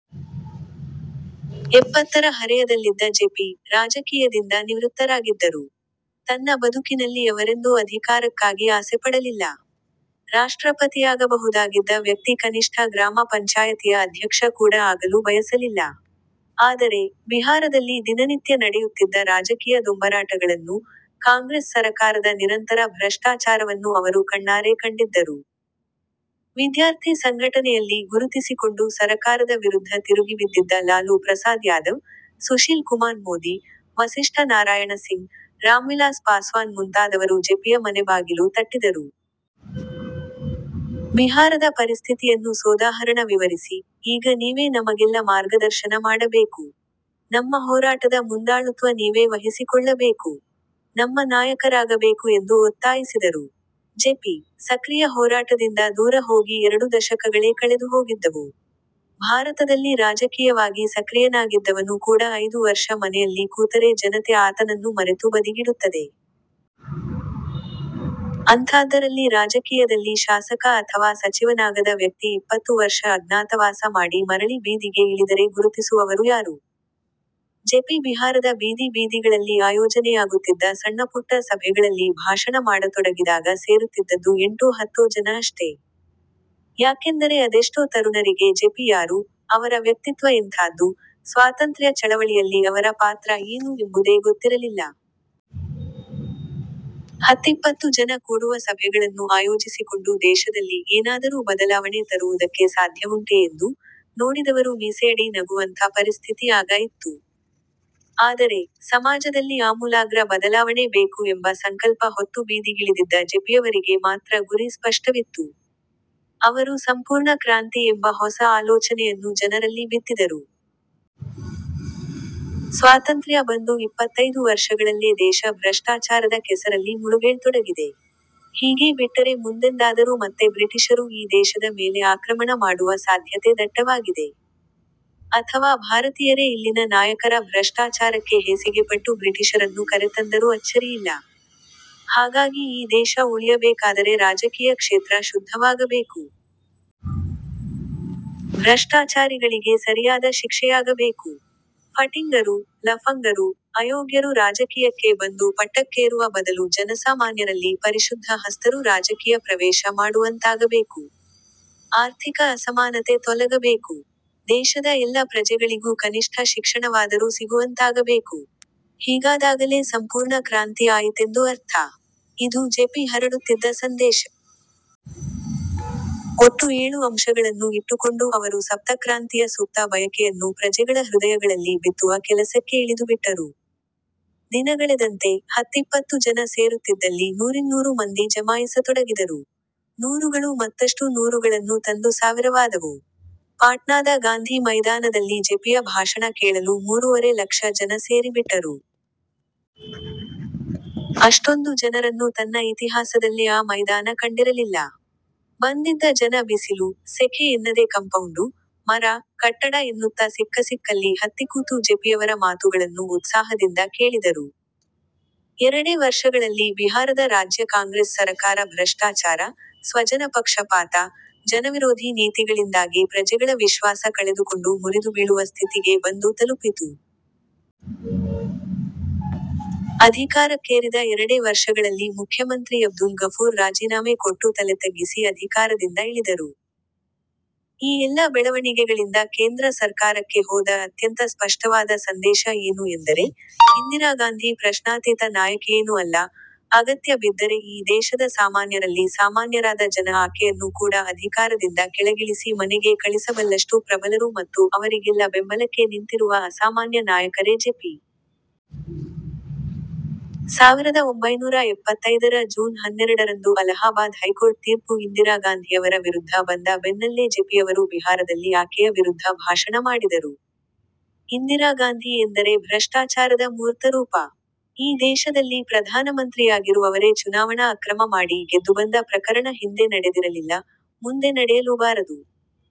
ಎಪ್ಪತ್ತರ ಹರೆಯದಲ್ಲಿದ್ದ ಜೆಪಿ, ರಾಜಕೀಯದಿಂದ ನಿವೃತ್ತರಾಗಿದ್ದರು. ತನ್ನ ಬದುಕಿನಲ್ಲಿ ಅವರೆಂದೂ ಅಧಿಕಾರಕ್ಕಾಗಿ ಆಸೆಪಡಲಿಲ್ಲ. ರಾಷ್ಟ್ರಪತಿಯಾಗಬಹುದಾಗಿದ್ದ ವ್ಯಕ್ತಿ ಕನಿಷ್ಠ ಗ್ರಾಮ ಪಂಚಾಯತಿಯ ಅಧ್ಯಕ್ಷ ಕೂಡ ಆಗಲು ಬಯಸಲಿಲ್ಲ. ಆದರೆ, ಬಿಹಾರದಲ್ಲಿ ದಿನನಿತ್ಯ ನಡೆಯುತ್ತಿದ್ದ ರಾಜಕೀಯ ದೊಂಬರಾಟಗಳನ್ನೂ, ಕಾಂಗ್ರೆಸ್ ಸರಕಾರದ ನಿರಂತರ ಭ್ರಷ್ಟಾಚಾರವನ್ನೂ ಅವರು ಕಣ್ಣಾರೆ ಕಂಡಿದ್ದರು. ವಿದ್ಯಾರ್ಥಿ ಸಂಘಟನೆಯಲ್ಲಿ ಗುರುತಿಸಿಕೊಂಡು ಸರಕಾರದ ವಿರುದ್ಧ ತಿರುಗಿಬಿದ್ದಿದ್ದ ಲಾಲೂ ಪ್ರಸಾದ್ ಯಾದವ್, ಸುಶೀಲ್ ಕುಮಾರ್ ಮೋದಿ, ವಸಿಷ್ಠ ನಾರಾಯಣ ಸಿಂಗ್, ರಾಮ್ವಿಲಾಸ್ ಪಾಸ್ವಾನ್ ಮುಂತಾದವರು ಜೆಪಿಯ ಮನೆಬಾಗಿಲು ತಟ್ಟಿದರು. ಬಿಹಾರದ ಪರಿಸ್ಥಿತಿಯನ್ನು ಸೋದಾಹರಣ ವಿವರಿಸಿ, ಈಗ ನೀವೇ ನಮಗೆಲ್ಲ ಮಾರ್ಗದರ್ಶನ ಮಾಡಬೇಕು. ನಮ್ಮ ಹೋರಾಟದ ಮುಂದಾಳುತ್ವ ನೀವೇ ವಹಿಸಿಕೊಳ್ಳಬೇಕು. ನಮ್ಮ ನಾಯಕರಾಗಬೇಕು ಎಂದು ಒತ್ತಾಯಿಸಿದರು. ಜೆಪಿ, ಸಕ್ರಿಯ ಹೋರಾಟದಿಂದ ದೂರ ಹೋಗಿ ಎರಡು ದಶಕಗಳೇ ಕಳೆದುಹೋಗಿದ್ದವು. ಭಾರತದಲ್ಲಿ ರಾಜಕೀಯವಾಗಿ ಸಕ್ರಿಯನಾಗಿದ್ದವನು ಕೂಡ ಐದು ವರ್ಷ ಮನೆಯಲ್ಲಿ ಕೂತರೆ ಜನತೆ ಆತನನ್ನು ಮರೆತು ಬದಿಗಿಡುತ್ತದೆ. ಅಂಥಾದ್ದರಲ್ಲಿ ರಾಜಕೀಯದಲ್ಲಿ ಶಾಸಕ ಅಥವಾ ಸಚಿವನಾಗದ ವ್ಯಕ್ತಿ ಇಪ್ಪತ್ತು ವರ್ಷ ಅಜ್ಞಾತವಾಸ ಮಾಡಿ ಮರಳಿ ಬೀದಿಗೆ ಇಳಿದರೆ ಗುರುತಿಸುವವರು ಯಾರು? ಜೆಪಿ ಬಿಹಾರದ ಬೀದಿ ಬೀದಿಗಳಲ್ಲಿ ಆಯೋಜನೆಯಾಗುತ್ತಿದ್ದ ಸಣ್ಣಪುಟ್ಟ ಸಭೆಗಳಲ್ಲಿ ಭಾಷಣ ಮಾಡತೊಡಗಿದಾಗ ಸೇರುತ್ತಿದ್ದದ್ದು ಎಂಟೋ ಹತ್ತೋ ಜನ ಅಷ್ಟೆ. ಯಾಕೆಂದರೆ ಅದೆಷ್ಟೋ ತರುಣರಿಗೆ ಜೆಪಿ ಯಾರು, ಅವರ ವ್ಯಕ್ತಿತ್ವ ಎಂಥಾದ್ದು, ಸ್ವಾತಂತ್ರ್ಯ ಚಳವಳಿಯಲ್ಲಿ ಅವರ ಪಾತ್ರ ಏನು ಎಂಬುದೇ ಗೊತ್ತಿರಲಿಲ್ಲ. ಹತ್ತಿಪ್ಪತ್ತು ಜನ ಕೂಡುವ ಸಭೆಗಳನ್ನು ಆಯೋಜಿಸಿಕೊಂಡು ದೇಶದಲ್ಲಿ ಏನಾದರೂ ಬದಲಾವಣೆ ತರುವುದಕ್ಕೆ ಸಾಧ್ಯವುಂಟೇ ಎಂದು, ನೋಡಿದವರು ಮೀಸೆಯಡಿ ನಗುವಂಥ ಪರಿಸ್ಥಿತಿ ಆಗ ಇತ್ತು. ಆದರೆ, ಸಮಾಜದಲ್ಲಿ ಆಮೂಲಾಗ್ರ ಬದಲಾವಣೆ ಬೇಕು ಎಂಬ ಸಂಕಲ್ಪ ಹೊತ್ತು ಬೀದಿಗಿಳಿದಿದ್ದ ಜೆಪಿಯವರಿಗೆ ಮಾತ್ರ ಗುರಿ ಸ್ಪಷ್ಟವಿತ್ತು. ಅವರು ಸಂಪೂರ್ಣ ಕ್ರಾಂತಿ ಎಂಬ ಹೊಸ ಆಲೋಚನೆಯನ್ನು ಜನರಲ್ಲಿ ಬಿತ್ತಿದರು. ಸ್ವಾತಂತ್ರ್ಯ ಬಂದು ಇಪ್ಪತ್ತೈದು ವರ್ಷಗಳಲ್ಲೇ ದೇಶ ಭ್ರಷ್ಟಾಚಾರದ ಕೆಸರಲ್ಲಿ ಮುಳುಗೇಳತೊಡಗಿದೆ. ಹೀಗೇ ಬಿಟ್ಟರೆ ಮುಂದೆಂದಾದರೂ ಮತ್ತೆ ಬ್ರಿಟಿಷರು ಈ ದೇಶದ ಮೇಲೆ ಆಕ್ರಮಣ ಮಾಡುವ ಸಾಧ್ಯತೆ ದಟ್ಟವಾಗಿದೆ. ಅಥವಾ ಭಾರತೀಯರೇ ಇಲ್ಲಿನ ನಾಯಕರ ಭ್ರಷ್ಟಾಚಾರಕ್ಕೆ ಹೇಸಿಗೆಪಟ್ಟು ಬ್ರಿಟಿಷರನ್ನು ಕರೆತಂದರೂ ಅಚ್ಚರಿಯಿಲ್ಲ. ಹಾಗಾಗಿ ಈ ದೇಶ ಉಳಿಯಬೇಕಾದರೆ ರಾಜಕೀಯ ಕ್ಷೇತ್ರ ಶುದ್ಧವಾಗಬೇಕು. ಭ್ರಷ್ಟಾಚಾರಿಗಳಿಗೆ ಸರಿಯಾದ ಶಿಕ್ಷೆಯಾಗಬೇಕು. ಫಟಿಂಗರು, ಲಫಂಗರು, ಅಯೋಗ್ಯರು ರಾಜಕೀಯಕ್ಕೆ ಬಂದು ಪಟ್ಟಕ್ಕೇರುವ ಬದಲು ಜನಸಾಮಾನ್ಯರಲ್ಲಿ ಪರಿಶುದ್ಧ ಹಸ್ತರು ರಾಜಕೀಯ ಪ್ರವೇಶ ಮಾಡುವಂತಾಗಬೇಕು. ಆರ್ಥಿಕ ಅಸಮಾನತೆ ತೊಲಗಬೇಕು. ದೇಶದ ಎಲ್ಲ ಪ್ರಜೆಗಳಿಗೂ ಕನಿಷ್ಠ ಶಿಕ್ಷಣವಾದರೂ ಸಿಗುವಂತಾಗಬೇಕು. ಹೀಗಾದಾಗಲೇ ಸಂಪೂರ್ಣ ಕ್ರಾಂತಿ ಆಯಿತೆಂದು ಅರ್ಥ. ಇದು ಜೆಪಿ ಹರಡುತ್ತಿದ್ದ ಸಂದೇಶ. ಒಟ್ಟು ಏಳು ಅಂಶಗಳನ್ನು ಇಟ್ಟುಕೊಂಡು ಅವರು ಸಪ್ತಕ್ರಾಂತಿಯ ಸುಪ್ತ ಬಯಕೆಯನ್ನು ಪ್ರಜೆಗಳ ಹೃದಯಗಳಲ್ಲಿ ಬಿತ್ತುವ ಕೆಲಸಕ್ಕೆ ಇಳಿದುಬಿಟ್ಟರು. ದಿನಗಳೆದಂತೆ, ಹತ್ತಿಪ್ಪತ್ತು ಜನ ಸೇರುತ್ತಿದ್ದಲ್ಲಿ ನೂರಿನ್ನೂರು ಮಂದಿ ಜಮಾಯಿಸತೊಡಗಿದರು. ನೂರುಗಳು ಮತ್ತಷ್ಟು ನೂರುಗಳನ್ನು ತಂದು ಸಾವಿರವಾದವು. ಪಾಟ್ನಾದ ಗಾಂಧಿ ಮೈದಾನದಲ್ಲಿ ಜೆಪಿಯ ಭಾಷಣ ಕೇಳಲು ಮೂರೂವರೆ ಲಕ್ಷ ಜನ ಸೇರಿಬಿಟ್ಟರು. ಅಷ್ಟೊಂದು ಜನರನ್ನು ತನ್ನ ಇತಿಹಾಸದಲ್ಲೇ ಆ ಮೈದಾನ ಕಂಡಿರಲಿಲ್ಲ. ಬಂದಿದ್ದ ಜನ ಬಿಸಿಲು, ಸೆಖೆ ಎನ್ನದೆ ಕಂಪೌಂಡು, ಮರ, ಕಟ್ಟಡ ಎನ್ನುತ್ತ ಸಿಕ್ಕಸಿಕ್ಕಲ್ಲಿ ಹತ್ತಿಕೂತು ಜೆಪಿಯವರ ಮಾತುಗಳನ್ನು ಉತ್ಸಾಹದಿಂದ ಕೇಳಿದರು. ಎರಡೇ ವರ್ಷಗಳಲ್ಲಿ ಬಿಹಾರದ ರಾಜ್ಯ ಕಾಂಗ್ರೆಸ್ ಸರಕಾರ ಭ್ರಷ್ಟಾಚಾರ, ಸ್ವಜನಪಕ್ಷಪಾತ, ಜನವಿರೋಧಿ ನೀತಿಗಳಿಂದಾಗಿ ಪ್ರಜೆಗಳ ವಿಶ್ವಾಸ ಕಳೆದುಕೊಂಡು ಮುರಿದುಬೀಳುವ ಸ್ಥಿತಿಗೆ ಬಂದು ತಲುಪಿತು. ಅಧಿಕಾರಕ್ಕೇರಿದ ಎರಡೇ ವರ್ಷಗಳಲ್ಲಿ ಮುಖ್ಯಮಂತ್ರಿ ಅಬ್ದುಲ್ ಗಫೂರ್ ರಾಜೀನಾಮೆ ಕೊಟ್ಟು ತಲೆತಗ್ಗಿಸಿ ಅಧಿಕಾರದಿಂದ ಇಳಿದರು. ಈ ಎಲ್ಲ ಬೆಳವಣಿಗೆಗಳಿಂದ ಕೇಂದ್ರ ಸರ್ಕಾರಕ್ಕೆ ಹೋದ ಅತ್ಯಂತ ಸ್ಪಷ್ಟವಾದ ಸಂದೇಶ ಏನು ಎಂದರೆ, ಇಂದಿರಾಗಾಂಧಿ ಪ್ರಶ್ನಾತೀತ ನಾಯಕಿಯೇನೂ ಅಲ್ಲ, ಅಗತ್ಯ ಬಿದ್ದರೆ ಈ ದೇಶದ ಸಾಮಾನ್ಯರಲ್ಲಿ ಸಾಮಾನ್ಯರಾದ ಜನ ಆಕೆಯನ್ನು ಕೂಡ ಅಧಿಕಾರದಿಂದ ಕೆಳಗಿಳಿಸಿ ಮನೆಗೆ ಕಳಿಸಬಲ್ಲಷ್ಟು ಪ್ರಬಲರು ಮತ್ತು ಅವರಿಗೆಲ್ಲ ಬೆಂಬಲಕ್ಕೆ ನಿಂತಿರುವ ಅಸಾಮಾನ್ಯ ನಾಯಕರೇ ಜೆಪಿ. ಸಾವಿರದ ಒಂಬೈನೂರಾ ಎಪ್ಪತ್ತೈದರ ಜೂನ್ ಹನ್ನೆರಡರಂದು ಅಲಹಾಬಾದ್ ಹೈಕೋರ್ಟ್ ತೀರ್ಪು ಇಂದಿರಾಗಾಂಧಿಯವರ ವಿರುದ್ಧ ಬಂದ ಬೆನ್ನಲ್ಲೇ ಜೆಪಿಯವರು ಬಿಹಾರದಲ್ಲಿ ಆಕೆಯ ವಿರುದ್ಧ ಭಾಷಣ ಮಾಡಿದರು. ಇಂದಿರಾಗಾಂಧಿ ಎಂದರೆ ಭ್ರಷ್ಟಾಚಾರದ ಮೂರ್ತರೂಪ. ಈ ದೇಶದಲ್ಲಿ ಪ್ರಧಾನಮಂತ್ರಿಯಾಗಿರುವವರೇ ಚುನಾವಣಾ ಅಕ್ರಮ ಮಾಡಿ ಗೆದ್ದುಬಂದ ಪ್ರಕರಣ ಹಿಂದೆ ನಡೆದಿರಲಿಲ್ಲ, ಮುಂದೆ ನಡೆಯಲೂಬಾರದು.